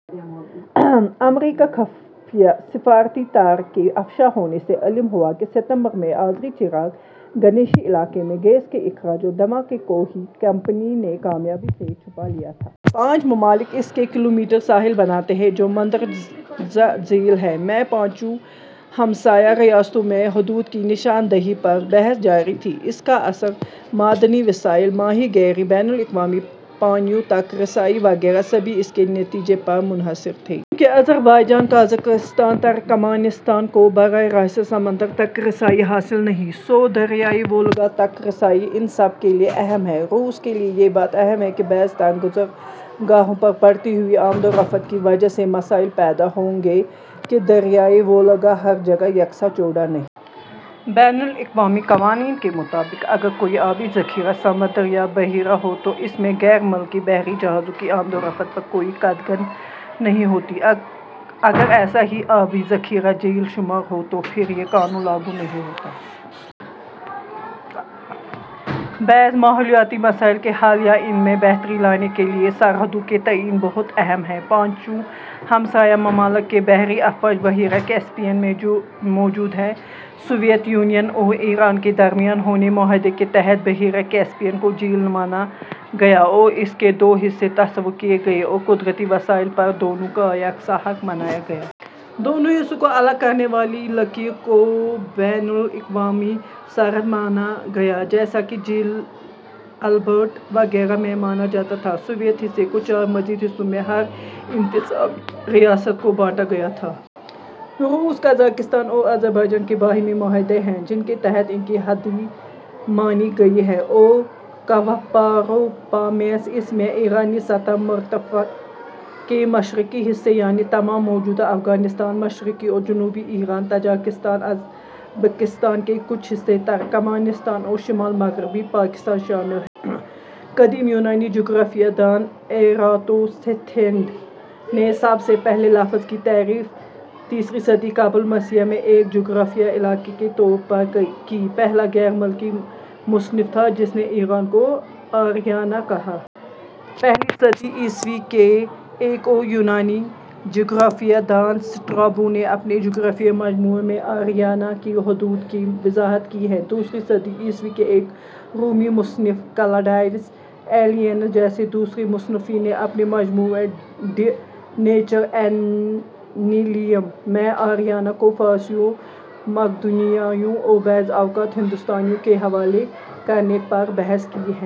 امریکی خفیہ سفارتی تار کے افشا ہونے سے علم ہوا کہ ستمبر میں آذری چراغ گنیشی علاقے میں گیس کے اخراج اور دھماکے کو بی پی کمپنی نے کامیابی سے چھپا لیا تھا۔ پانچ ممالک اس کے ، کلومیٹر ساحل بناتے ہیں جو مندرجہ ذیل ہیں: میں پانچوں ہمسائیہ ریاستوں میں حدود کی نشان دہی پر بحث جاری تھی۔ اس کا اثر معدنی وسائل ، ماہی گیری، بین الاقوامی پانیوں تک رسائی وغیرہ، سبھی اس کے نتیجے پر منحصر تھے۔ چونکہ آذربائیجان، قازقستان اور ترکمانستان کو براہ راست سمندر تک رسائی حاصل نہیں، سو دریائے وولگا تک رسائی ان سب کے لیے ا ہم ہے۔ روس کے لیے یہ بات اہم ہے کہ بعض تنگ گزرگاہوں پر بڑھتی ہوئی آمد و رفت کی وجہ سے مسائل پیدا ہوں گے کہ دریائے وولگا ہر جگہ یکساں چوڑا نہیں۔ بین الاقوامی قوانین کے مطابق اگر کوئی آبی ذخیرہ سمندر یا بحیرہ ہو تو اس میں غیر ملکی بحری جہازوں کی آمد و رفت پر کوئی قدغن نہیں ہوتی۔ اگر ایسا آبی ذخیرہ جھیل شمار ہو تو پھر یہ قانون لاگو نہیں ہوتا۔ بعض ماحولیاتی مسائل کے حل یا ان میں بہتری لانے کے لیے سرحدوں کا تعین بہت اہم ہے۔ پانچوں ہمسایہ ممالک کی بحری افواج بحیرہ کیسپیئن میں موجود ہیں۔ سوویت یونین اور ایران کے درمیان ہوئے معاہدے کے تحت بحیرہ کیسپیئن کو جھیل مانا گیا ہے اور اس کے دو حصے تصور کیے گئے اور قدرتی وسائل پر دونوں کا یکساں حق مانا گیا۔ دونوں حصوں کو الگ کرنے والی لکیر کو بین الاقوامی سرحد مانا گیا جیسا کہ جھیل البرٹ وغیرہ میں مانا جاتا ہے۔ سوویت حصے کو چار مزید حصوں میں ہر انتظامی ریاست کو بانٹا گیا تھا۔ روس، قازقستان اور آذربائیجان کے باہمی معاہدے ہیں جن کے تحت ان کی حدیں مانی گئی ہیں۔ اور کوہ پاروپامیسس ۔ اس میں ایرانی سطح مرتفع کے مشرقی حصے، یعنی تمام موجودہ افغانستان ، مشرقی اور جنوبی ایران ، تاجکستان ، ازبکستان کے کچھ حصے، ترکمانستان اور شمال مغربی پاکستان شامل ہیں۔ قدیم یونانی جغرافیہ دان ایراتوستھینز نے سب سے پہلے لفظ ''' کی تعریف تیسری صدی قبل مسیح میں ایک جغرافیائی علاقے کے طور پر کی۔ پہلا غیر ملکی مصنف تھا جس نے ایران کو آریانا کہا۔ پہلی صدی عیسوی کے ایک اور یونانی جغرافیہ دان سٹرابو نے اپنے جغرافیائی مجموعہ میں آریانا کی حدود کی وضاحت کی ہے۔ دوسری صدی عیسوی کے ایک رومی مصنف کلاڈیئس ایلیئنس جیسے دوسرے مصنفین نے اپنے مجموعہ "ڈی نیچرا اینیلیم" میں آریانا کو فارسیوں، مقدونیائیوں اور بعض اوقات ہندوستانیوں کے حوالے کرنے پر بحث کی ہے۔